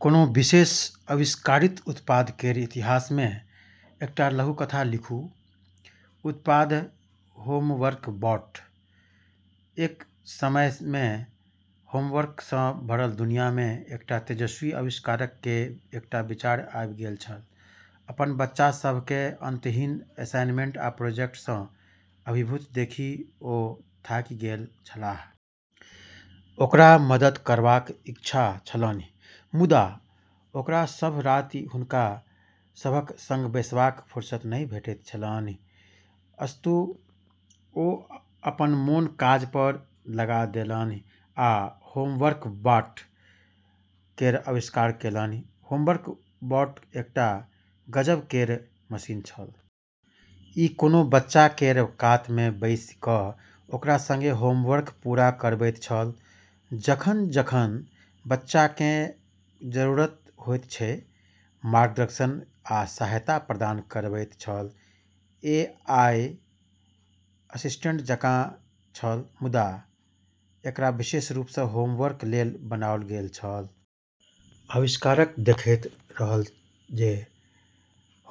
कोनो विशेष आविष्कारित उत्पाद केर इतिहास मे एकटा लघुकथा लिखू। उत्पाद: "होमवर्क बॉट"। एक समय मे होमवर्क सँ भरल दुनिया मे एकटा तेजस्वी आविष्कारक केँ एकटा विचार आबि गेल छल। अपन बच्चा सभ केँ अंतहीन असाइनमेंट आ प्रोजेक्ट सँ अभिभूत देखि ओ थाकि गेल छलाह। ओकरा मदद करबाक इच्छा छलन्हि, मुदा ओकरा सभ राति हुनका सभक संग बैसबाक फुर्सत नहि भेटैत छलन्हि। अस्तु, ओ अपन मोन काज पर लगा देलन्हि आ "होमवर्क बॉट" केर आविष्कार केलन्हि। होमवर्क बॉट एकटा गजब केर मशीन छल। ई कोनो बच्चा केर कात मे बैसि कऽ ओकरा संगे होमवर्क पूरा करबैत छल, जखन-जखन बच्चा केँ जरूरत होइत छै, मार्गदर्शन आ सहायता प्रदान करबैत छल। ई एआई असिस्टेंट जकाँ छल, मुदा एकरा विशेष रूप सँ होमवर्क लेल बनाओल गेल छल। आविष्कारक देखैत रहल जे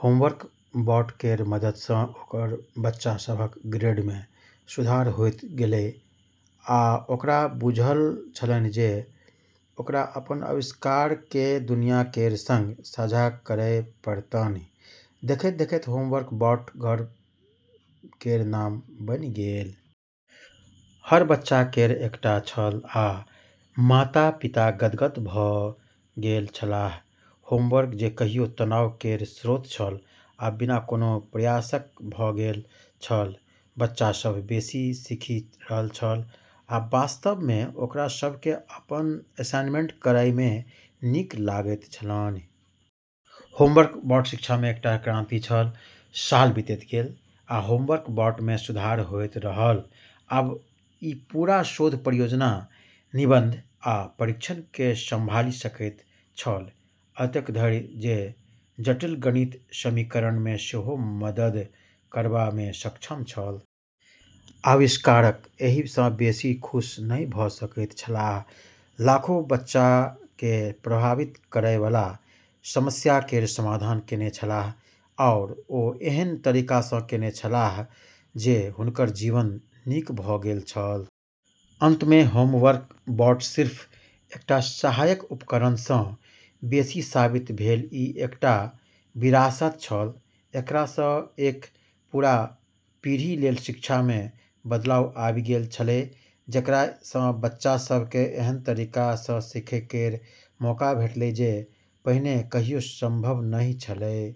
होमवर्क बॉट केर मदद सँ ओकर बच्चा सभक ग्रेड मे सुधार होइत गेलै, आ ओकरा बुझल छलन्हि जे ओकरा अपन आविष्कार केँ दुनिया केर संग साझा करए पड़तन्हि। देखैत-देखैत होमवर्क बॉट घर केर नाम बनि गेल। हर बच्चा केर एकटा छल आ माता-पिता गदगद भऽ गेल छलाह। होमवर्क जे कहियो तनाव केर स्रोत छल, आब बिना कोनो प्रयासक भऽ गेल छल। बच्चा सभ बेसी सीखि रहल छल, आ वास्तव मे ओकरा सभ केँ अपन असाइनमेंट करए मे नीक लागैत छलन्हि। होमवर्क बॉट शिक्षा मे एकटा क्रांति छल। साल बीतैत गेल, आ होमवर्क बॉट मे सुधार होइत रहल। आब ई पूरा शोध परियोजना, निबंध, आ परीक्षण केँ संभालि सकैत छल। एतेक धरि जे जटिल गणित समीकरण मे सेहो मदद करबा मे सक्षम छल। आविष्कारक एहि सँ बेसी खुश नहि भऽ सकैत छलाह। लाखों बच्चा केँ प्रभावित करए बला समस्या केर समाधान केने छलाह, आओर ओ एहन तरीका सँ केने छलाह जे हुनकर जीवन नीक भऽ गेल छल। अंत मे होमवर्क बॉट सिर्फ एकटा सहायक उपकरण सँ बेसी साबित भेल ई एकटा विरासत छल। एकरा सँ एक पूरा पीढ़ी लेल शिक्षा मे बदलाव आबि गेल छलै, जेकरा सँ बच्चा सभ केँ एहन तरीका सँ सीखै केर मौका भेटलै जे पहिने कहियो संभव नहि छलै।